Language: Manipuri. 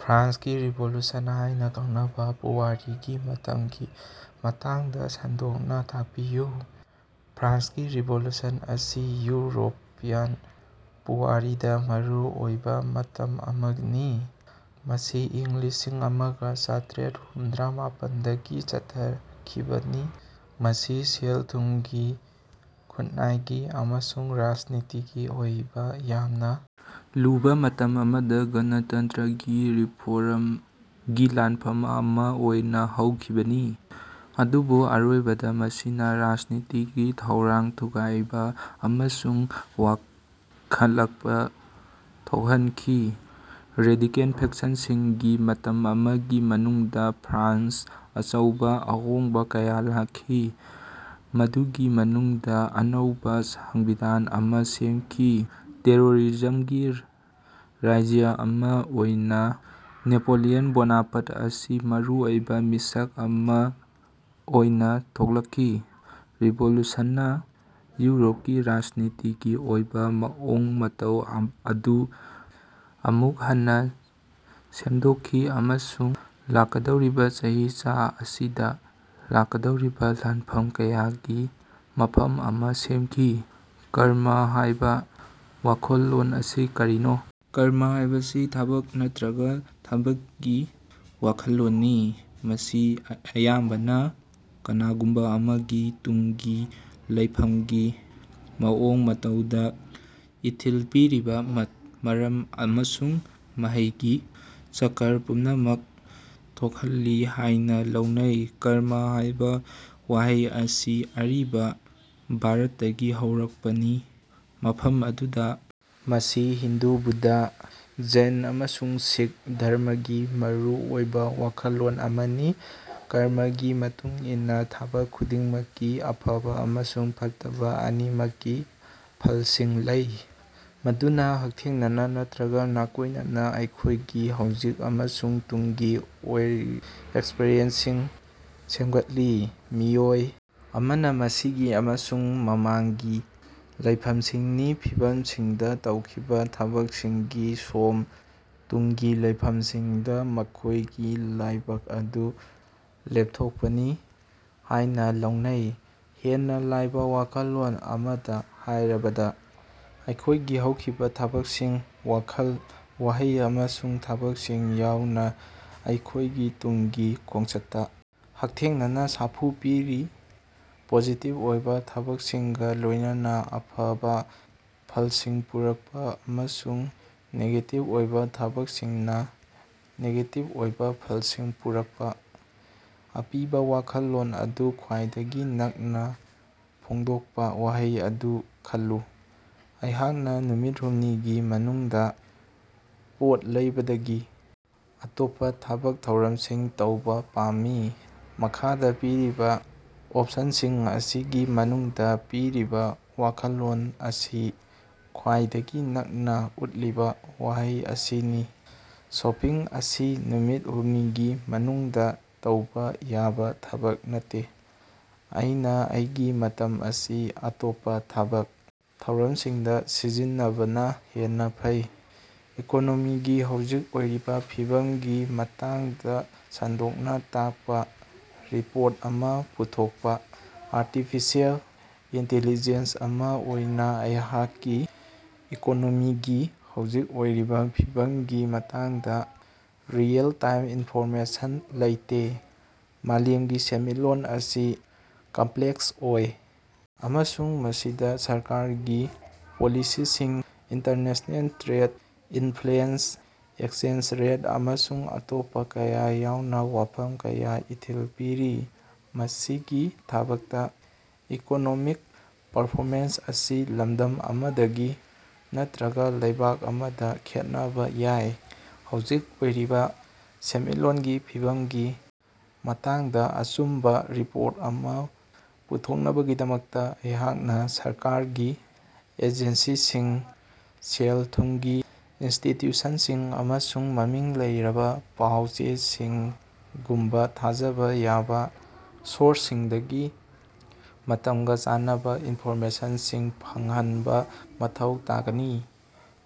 ꯐ꯭ꯔꯥꯟꯁꯀꯤ ꯔꯤꯚꯣꯂꯨꯁꯟ ꯍꯥꯏꯅ ꯈꯪꯅꯕ ꯄꯨꯋꯥꯔꯤꯒꯤ ꯃꯇꯝꯒꯤ ꯃꯇꯥꯡꯗ ꯁꯟꯗꯣꯛꯅ ꯇꯥꯛꯄꯤꯌꯨ꯫ ꯐ꯭ꯔꯥꯟꯁꯀꯤ ꯔꯤꯚꯣꯂꯨꯁꯟ ꯑꯁꯤ ꯌꯨꯔꯣꯄꯤꯌꯟ ꯄꯨꯋꯥꯔꯤꯗ ꯃꯔꯨ ꯑꯣꯏꯕ ꯃꯇꯝ ꯑꯃꯅꯤ꯫ ꯃꯁꯤ ꯏꯪ ꯂꯤꯁꯤꯡ ꯑꯃꯒ ꯆꯇ꯭ꯔꯦꯠ ꯍꯨꯝꯗ꯭ꯔꯥ ꯃꯥꯄꯟꯗꯒꯤ ꯆꯠꯊꯈꯤꯕꯅꯤ꯫ ꯃꯁꯤ ꯁꯦꯜ-ꯊꯨꯝꯒꯤ, ꯈꯨꯟꯅꯥꯏꯒꯤ ꯑꯃꯁꯨꯡ ꯔꯥꯖꯅꯤꯇꯤꯒꯤ ꯑꯣꯏꯕ ꯌꯥꯝꯅ ꯂꯨꯕ ꯃꯇꯝ ꯑꯃꯗ ꯒꯅꯇꯟꯇ꯭ꯔꯒꯤ ꯔꯤꯐꯣꯔꯝꯒꯤ ꯂꯥꯟꯐꯝ ꯑꯃ ꯑꯣꯏꯅ ꯍꯧꯈꯤꯕꯅꯤ ꯑꯗꯨꯕꯨ ꯑꯔꯣꯏꯕꯗ ꯃꯁꯤꯅ ꯔꯥꯖꯅꯤꯇꯤꯒꯤ ꯊꯧꯔꯥꯡ ꯊꯨꯒꯥꯏꯕ ꯑꯃꯁꯨꯡ ꯋꯥꯡꯈꯠꯂꯛꯄꯥ ꯊꯣꯛꯍꯟꯈꯤ꯫ ꯔꯦꯗꯤꯀꯦꯜ ꯐꯦꯛꯁꯟꯁꯤꯡꯒꯤ ꯃꯇꯝ ꯑꯁꯤꯒꯤ ꯃꯅꯨꯡꯗ ꯐ꯭ꯔꯥꯟꯁꯇ ꯑꯆꯧꯕ ꯑꯍꯣꯡꯕ ꯀꯌꯥ ꯂꯥꯛꯈꯤ꯫ ꯃꯗꯨꯒꯤ ꯃꯅꯨꯡꯗ ꯑꯅꯧꯕ ꯁꯪꯕꯤꯙꯥꯟ ꯑꯃ ꯁꯦꯝꯈꯤ꯫ ꯇꯦꯔꯣꯔꯤꯖꯝꯒꯤ ꯔꯥꯖ꯭ꯌ ꯑꯃ ꯑꯣꯏꯅ ꯅꯦꯄꯣꯂꯤꯌꯟ ꯕꯣꯅꯥꯄꯥꯔꯠ ꯑꯁꯤ ꯃꯔꯨꯑꯣꯏꯕ ꯃꯤꯁꯛ ꯑꯃ ꯑꯣꯏꯅ ꯊꯣꯔꯛꯈꯤ꯫ ꯔꯤꯚꯣꯂ꯭ꯌꯨꯁꯟꯅ ꯌꯨꯔꯣꯞꯀꯤ ꯔꯥꯖꯅꯤꯇꯤꯒꯤ ꯑꯣꯏꯕ ꯃꯑꯣꯡ ꯃꯇꯧ ꯑꯗꯨ ꯑꯃꯨꯛ ꯍꯟꯅ ꯁꯦꯝꯗꯣꯛꯈꯤ ꯑꯃꯁꯨꯡ ꯂꯥꯛꯀꯗꯧꯔꯤꯕ ꯆꯍꯤꯆꯥ ꯑꯁꯤꯗ ꯂꯥꯛꯀꯗꯧꯔꯤꯕ ꯂꯥꯟꯐꯝ ꯀꯌꯥꯒꯤ ꯃꯐꯝ ꯑꯃ ꯁꯦꯝꯈꯤ꯫ 'ꯀꯔꯃ ' ꯍꯥꯏꯕ ꯋꯥꯈꯜꯂꯣꯟ ꯑꯁꯤ ꯀꯔꯤꯅꯣ? ꯀꯔꯃ ꯍꯥꯏꯕꯁꯤ ꯊꯕꯛ ꯅꯠꯇ꯭ꯔꯒ ꯊꯕꯛꯀꯤ ꯋꯥꯈꯜꯂꯣꯟꯅꯤ꯫ ꯃꯁꯤ ꯑꯌꯥꯝꯕꯅ ꯀꯅꯥꯒꯨꯝꯕ ꯑꯃꯒꯤ ꯇꯨꯡꯒꯤ ꯂꯩꯐꯝꯒꯤ ꯃꯑꯣꯡ ꯃꯇꯧꯗ ꯏꯊꯤꯜ ꯄꯤꯔꯤꯕ ꯃꯔꯝ ꯑꯃꯁꯨꯡ ꯃꯍꯩꯒꯤ ꯆꯀꯔ ꯄꯨꯝꯅꯃꯛ ꯊꯣꯛꯍꯜꯂꯤ ꯍꯥꯏꯅ ꯂꯧꯅꯩ꯫ ꯀꯔꯃ ꯍꯥꯏꯕ ꯋꯥꯍꯩ ꯑꯁꯤ ꯑꯔꯤꯕ ꯚꯥꯔꯠꯇꯒꯤ ꯍꯧꯔꯛꯄꯅꯤ꯫ ꯃꯐꯝ ꯑꯗꯨꯗ ꯃꯁꯤ ꯍꯤꯟꯗꯨ, ꯕꯨꯙ, ꯖꯩꯟ ꯑꯃꯁꯨꯡ ꯁꯤꯛ ꯙꯔꯃꯒꯤ ꯃꯔꯨ ꯑꯣꯏꯕ ꯋꯥꯈꯜꯂꯣꯟ ꯑꯃꯅꯤ꯫ ꯀꯔꯃꯒꯤ ꯃꯇꯨꯡ ꯏꯟꯅ ꯊꯕꯛ ꯈꯨꯗꯤꯡꯃꯛꯀꯤ ꯑꯐꯕ ꯑꯃꯁꯨꯡ ꯐꯠꯇꯕ ꯑꯅꯤꯃꯛꯀꯤ ꯐꯜꯁꯤꯡ ꯂꯩ꯫ ꯃꯗꯨꯅ ꯍꯛꯊꯦꯡꯅꯅ ꯅꯠꯇ꯭ꯔꯒ ꯅꯥꯀꯣꯏꯅꯅ ꯑꯩꯈꯣꯏꯒꯤ ꯍꯧꯖꯤꯛ ꯑꯃꯁꯨꯡ ꯇꯨꯡꯒꯤ ꯑꯦꯛꯁꯄꯤꯔꯤꯌꯦꯟꯁꯁꯤꯡ ꯁꯦꯝꯒꯠꯂꯤ꯫ ꯃꯤꯑꯣꯏ ꯑꯃꯅ ꯃꯁꯤꯒꯤ ꯑꯃꯁꯨꯡ ꯃꯃꯥꯡꯒꯤ ꯂꯩꯐꯝꯒꯤ ꯐꯤꯚꯝꯁꯤꯡꯗ ꯇꯧꯈꯤꯕ ꯊꯕꯛꯁꯤꯡꯒꯤ ꯁꯣꯝ, ꯇꯨꯡꯒꯤ ꯂꯩꯐꯝꯁꯤꯡꯗ ꯃꯈꯣꯏꯒꯤ ꯂꯥꯏꯕꯛ ꯑꯗꯨ ꯂꯦꯞꯊꯣꯛꯄꯅꯤ ꯍꯥꯏꯅ ꯂꯧꯅꯩ꯫ ꯍꯦꯟꯅ ꯂꯥꯏꯕ ꯋꯥꯍꯟꯊꯣꯛ ꯑꯃꯗ ꯍꯥꯏꯔꯕꯗ, ꯑꯩꯈꯣꯏꯒꯤ ꯍꯧꯈꯤꯕ ꯊꯕꯛꯁꯤꯡ: ꯋꯥꯈꯜ, ꯋꯥꯍꯩ ꯑꯃꯁꯨꯡ ꯊꯕꯛꯁꯤꯡ ꯌꯥꯎꯅ ꯑꯩꯈꯣꯏꯒꯤ ꯇꯨꯡꯒꯤ ꯈꯣꯡꯆꯠꯇ ꯍꯛꯊꯦꯡꯅꯅ ꯁꯥꯐꯨ ꯄꯤꯔꯤ꯫ ꯄꯣꯖꯤꯇꯤꯚ ꯑꯣꯏꯕ ꯊꯕꯛꯁꯤꯡꯒ ꯂꯣꯏꯅꯅ ꯑꯐꯕ ꯐꯜꯁꯤꯡ ꯄꯨꯔꯛꯄ ꯑꯃꯁꯨꯡ ꯅꯦꯒꯦꯇꯤꯚ ꯑꯣꯏꯕ ꯊꯕꯛꯁꯤꯡꯅ ꯅꯦꯒꯦꯇꯤꯚ ꯑꯣꯏꯕ ꯐꯜꯁꯤꯡ ꯄꯨꯔꯛꯄ꯫ ꯑꯄꯤꯕ ꯋꯥꯈꯜꯂꯣꯟ ꯑꯗꯨ ꯈ꯭ꯋꯥꯏꯗꯒꯤ ꯅꯛꯅ ꯐꯣꯡꯗꯣꯛꯄ ꯋꯥꯍꯩ ꯑꯗꯨ ꯈꯜꯂꯨ꯫ ꯑꯩꯍꯥꯛꯅ ꯅꯨꯃꯤꯠ ꯍꯨꯝꯅꯤꯒꯤ ꯃꯅꯨꯡꯗ ꯄꯣꯠ ꯂꯩꯕꯗꯒꯤ ꯑꯇꯣꯞꯄ ꯊꯕꯛ ꯊꯧꯔꯝꯁꯤꯡ ꯇꯧꯕ ꯄꯥꯝꯃꯤ꯫ ꯃꯈꯥꯗ ꯄꯤꯔꯤꯕ ꯑꯣꯞꯁꯟꯁꯤꯡ ꯑꯁꯤꯒꯤ ꯃꯅꯨꯡꯗ ꯄꯤꯔꯤꯕ ꯋꯥꯈꯜꯂꯣꯟ ꯑꯁꯤ ꯈ꯭ꯋꯥꯏꯗꯒꯤ ꯅꯛꯅ ꯎꯠꯂꯤꯕ ꯋꯥꯍꯩ ꯑꯁꯤꯅꯤ: "ꯁꯣꯄꯤꯡ ꯑꯁꯤ ꯅꯨꯃꯤꯠ ꯍꯨꯝꯅꯤꯒꯤ ꯃꯅꯨꯡꯗ ꯇꯧꯕ ꯌꯥꯕ ꯊꯕꯛ ꯅꯠꯇꯦ; ꯑꯩꯅ ꯑꯩꯒꯤ ꯃꯇꯝ ꯑꯁꯤ ꯑꯇꯣꯞꯄ ꯊꯕꯛ ꯊꯧꯔꯝꯁꯤꯡꯗ ꯁꯤꯖꯤꯟꯅꯕꯅ ꯍꯦꯟꯅ ꯐꯩ"꯫ ꯏꯀꯣꯅꯣꯃꯤꯒꯤ ꯍꯧꯖꯤꯛ ꯑꯣꯏꯔꯤꯕ ꯐꯤꯚꯝꯒꯤ ꯃꯇꯥꯡꯗ ꯁꯟꯗꯣꯛꯅ ꯇꯥꯀꯄ ꯔꯤꯄꯣꯔꯠ ꯑꯃ ꯄꯨꯊꯣꯛꯄ- ꯑꯥꯔꯇꯤꯐꯤꯁꯤꯌꯦꯜ ꯏꯟꯇꯦꯂꯤꯖꯦꯟꯁ ꯑꯃ ꯑꯣꯏꯅ ꯑꯩꯍꯥꯛꯀꯤ ꯏꯀꯣꯅꯣꯃꯤꯒꯤ ꯍꯧꯖꯤꯛ ꯑꯣꯏꯔꯤꯕ ꯐꯤꯕꯝꯒꯤ ꯃꯇꯥꯡꯗ ꯔꯤꯑꯦꯜ ꯇꯥꯏꯝ ꯏꯟꯐꯣꯔꯃꯦꯁꯟ ꯂꯩꯇꯦ꯫ ꯃꯥꯂꯦꯝꯒꯤ ꯁꯦꯟꯃꯤꯠꯂꯣꯟ ꯑꯁꯤ ꯀꯝꯄ꯭ꯂꯦꯛꯁ ꯑꯣꯏ ꯑꯃꯁꯨꯡ ꯃꯁꯤꯗ ꯁꯔꯀꯥꯔꯒꯤ ꯄꯣꯂꯤꯁꯤꯁꯤꯡ, international trade, inflation, exchange rate ꯑꯃꯁꯨꯡ ꯑꯇꯣꯞꯄ ꯀꯌꯥ ꯌꯥꯎꯅ ꯋꯥꯐꯝ ꯀꯌꯥꯅ ꯏꯊꯤꯜ ꯄꯤꯔꯤ꯫ ꯃꯁꯤꯒꯤ ꯃꯊꯛꯇ ꯏꯀꯣꯅꯣꯃꯤꯛ ꯄꯔꯐꯣꯃꯦꯟꯁ ꯑꯁꯤ ꯂꯝꯗꯝ ꯑꯃꯗꯒꯤ ꯅꯠꯇ꯭ꯔꯒ ꯂꯩꯕꯥꯛ ꯑꯃꯗ ꯈꯦꯠꯅꯕ ꯌꯥꯏ꯫ ꯍꯧꯖꯤꯛ ꯑꯣꯏꯔꯤꯕ ꯁꯦꯟꯃꯤꯠꯂꯣꯟꯒꯤ ꯐꯤꯕꯝꯒꯤ ꯃꯇꯥꯡꯗ ꯑꯆꯨꯝꯕ ꯔꯤꯄꯣꯔꯠ ꯑꯃ ꯄꯨꯊꯣꯛꯅꯕꯒꯤꯗꯃꯛꯇ ꯑꯩꯍꯥꯛꯅ ꯁꯔꯀꯥꯔꯒꯤ ꯑꯦꯖꯦꯟꯁꯤꯁꯤꯡ, ꯁꯦꯜ-ꯊꯨꯝꯒꯤ ꯏꯟꯁꯇꯤꯇ꯭ꯌꯨꯁꯟꯁꯤꯡ ꯑꯃꯁꯨꯡ ꯃꯃꯤꯡ ꯂꯩꯔꯕ ꯄꯥꯎ-ꯆꯦꯁꯤꯡꯒꯨꯝꯕ ꯊꯥꯖꯕ ꯌꯥꯕ ꯁꯣꯔꯁꯁꯤꯡꯗꯒꯤ ꯃꯇꯝꯒ ꯆꯥꯟꯅꯕ ꯏꯟꯐꯣꯔꯃꯦꯁꯟꯁꯤꯡ ꯐꯪꯍꯟꯕ ꯃꯊꯧ ꯇꯥꯒꯅꯤ꯫